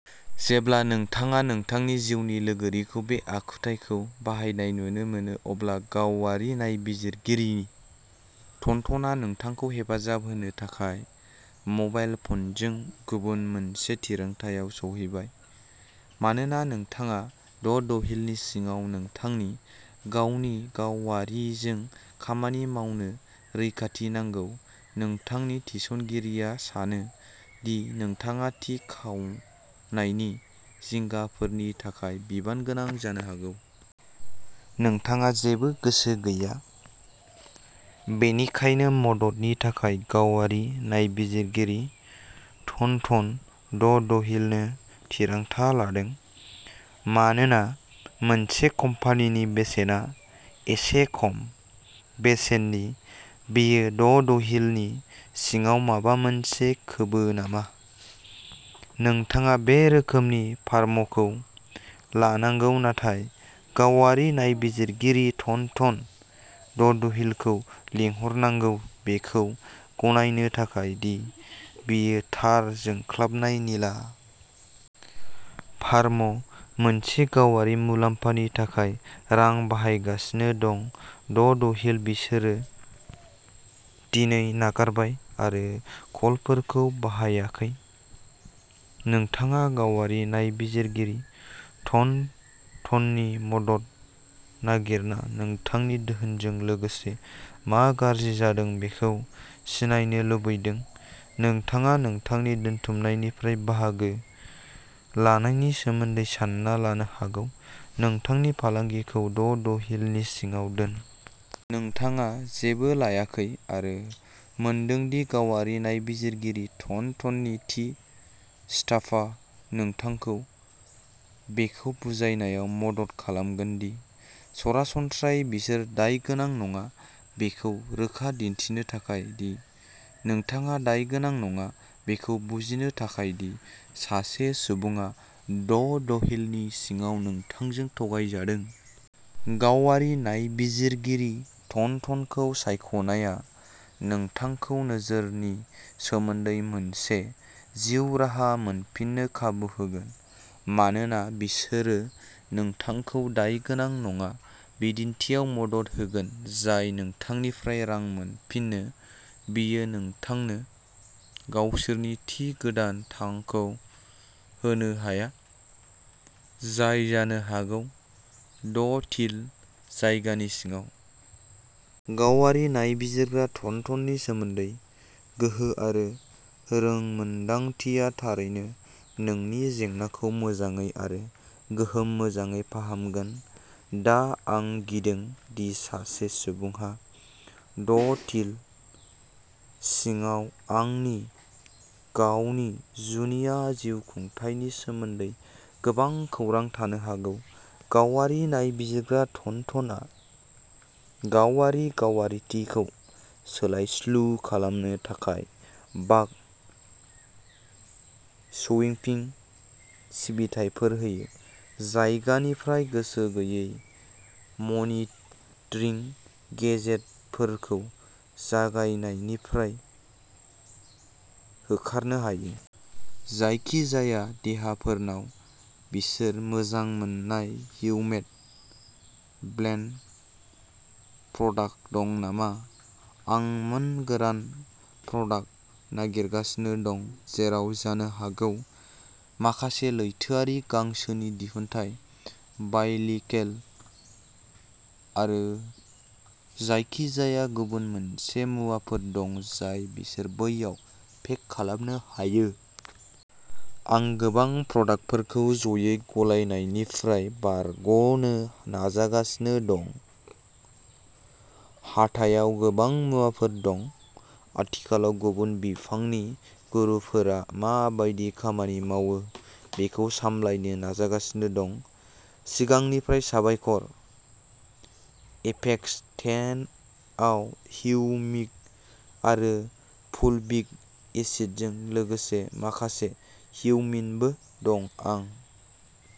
जेब्ला नोंथाङा नोंथांनि जिउ लोगोरिखौ बे आखुथायखौ बाहायनाय नुनो मोनो अब्ला गावारि नायबिजिरगिरि टनटनआ नोंथांखौ हेफाजाब होनो थाखाय मबाइल फनजों गुबुन मोनसे थिरांथायाव सौहैबाय। मानोना नोंथाङा ड'डहिलनि सिङाव नोंथांनि गावनि गावारिजों खामानि मावनो रैखाथि नांगौ, नोंथांनि थिसनगिरिया सानो दि नोंथाङा थि खावनायनि जिंगाफोरनि थाखाय बिबानगोनां जानो हागौ। नोंथाङा जेबो गोसो गैया, बेनिखायनो मददनि थाखाय गावारि नायबिजिरगिरि टनटन, ड'डहिलनो थिरांथा लादों। मानोना मोनसे कम्पानिनि बेसेना एसे खम बेसेननि, बेयो ड'डहिलनि सिङाव माबा मोनसे खोबो नामा? नोंथाङा बे रोखोमनि फार्मखौ लानांगौ नाथाय गावारि नायबिजिरगिरि टनटन, ड'डहिलखौ लिंहरनांगौ बेखौ गनायनो थाखाय दि बेयो थार जोंख्लाबनाय निला। फार्म। मोनसे गावारि मुलाम्फानि थाखाय रां बाहायगासिनो दं ड'डहिल, बिसोरो दिनै नागारबाय आरो कलफोरखौ बाहायाखै। नोंथाङा गावारि नायबिजिरगिरि ट'न्टननि मदद नागिरना नोंथांनि धोनजों लोगोसे मा गाज्रि जादों बेखौ सिनायनो लुबैदों। नोंथाङा नोंथांनि दोनथुमनायनिफ्राय बाहागो लानायनि सोमोन्दै सान्ना लानो हागौ, नोंथांनि फालांगिखौ ड'डहिलनि सिङाव दोन। नोंथाङा जेबो लायाखै आरो मोनदों दि गावारि नायबिजिरगिरि ट'न्टननि थि स्टाफा नोंथांखौ बेखौ बुजायनायाव मदद खालामगोन दि सरासनस्रायै बिसोर दायगोनां नङा। बेखौ रोखा दिन्थिनो थाखाय दि नोंथाङा दायगोनां नङा, बेखौ बुजिनो थाखाय दि सासे सुबुङा ड'डहिलनि सिङाव नोंथांजों थगायजादों। गावारि नायबिजिरगिरि ट'न्टनखौ सायख'नाया नोंथांखौ नोजोरनि सोमोन्दै मोनसे जिउ राहा मोनफिन्नो खाबु होगोन मानोना बिसोरो नोंथांखौ दायगोनां नङा दिन्थिनायाव मदद होगोन। जाय नोंथांनिफ्राय रां मोनफिनो, बियो नोंथांनो गावसोरनि थि गोदान थंखौ होनो हाया, जाय जानो हागौ ड'ढिल जायगानि सिङाव। गावारि नायबिजिरग्रा ट'न्टननि सोमोन्दै गोहो आरो रोंमोनदांथिया थारैनो नोंनि जेंनाखौ मोजाङै आरो गोहोम मोजाङै फाहामगोन। दा आं गिदों दि सासे सुबुंहा ड'ढिल सिङाव आंनि गावनि जुनिया जिउखुंथायनि सोमोन्दै गोबां खौरां थानो हागौ। गावारि नायबिजिरग्रा ट'न्टनआ गावआरि गावारिथिखौ सोलायस्लु खालामनो थाखाय बाग स्वीपिं सिबिथाइफोर होयो, जायनिफ्राय गोसो गैयै मनिटरिं गेजेटफोरखौ जायगानिफ्राय होखारनो हायो। जायखिजाया देहाफोरनाव बिसोर मोजां मोननाय हिउमेट/ब्लेन्ड प्रडाक्ट दं नामा? आं मोनसे गोरान प्रडाक्ट नागिरगासिनो दं जेराव जानो हागौ माखासे लैथोआरि गांसोनि दिहुनथाय, बाय'लिकेल आरो जायखिजाया गुबुन मोजां मुवाफोर दं जाय बिसोर बैयाव पेक खालामनो हायो! आं गोबां प्रडाक्टफोरखौ ज'यै गलायनायनिफ्राय बारग'नो नाजागासिनो दं। हाथायाव गोबां मुवाफोर दं, आथिखालाव गुबुन बिफांनि गुरुफोरा मा बायदि खामानि मावो बेखौ सामलायनो नाजागासिनो दं। सिगांनिफ्राय साबायखर! एपेक्स टेन आव हिउमिक आरो फुलभिक एसिडजों लोगोसे माखासे हिउमिनबो दं। आं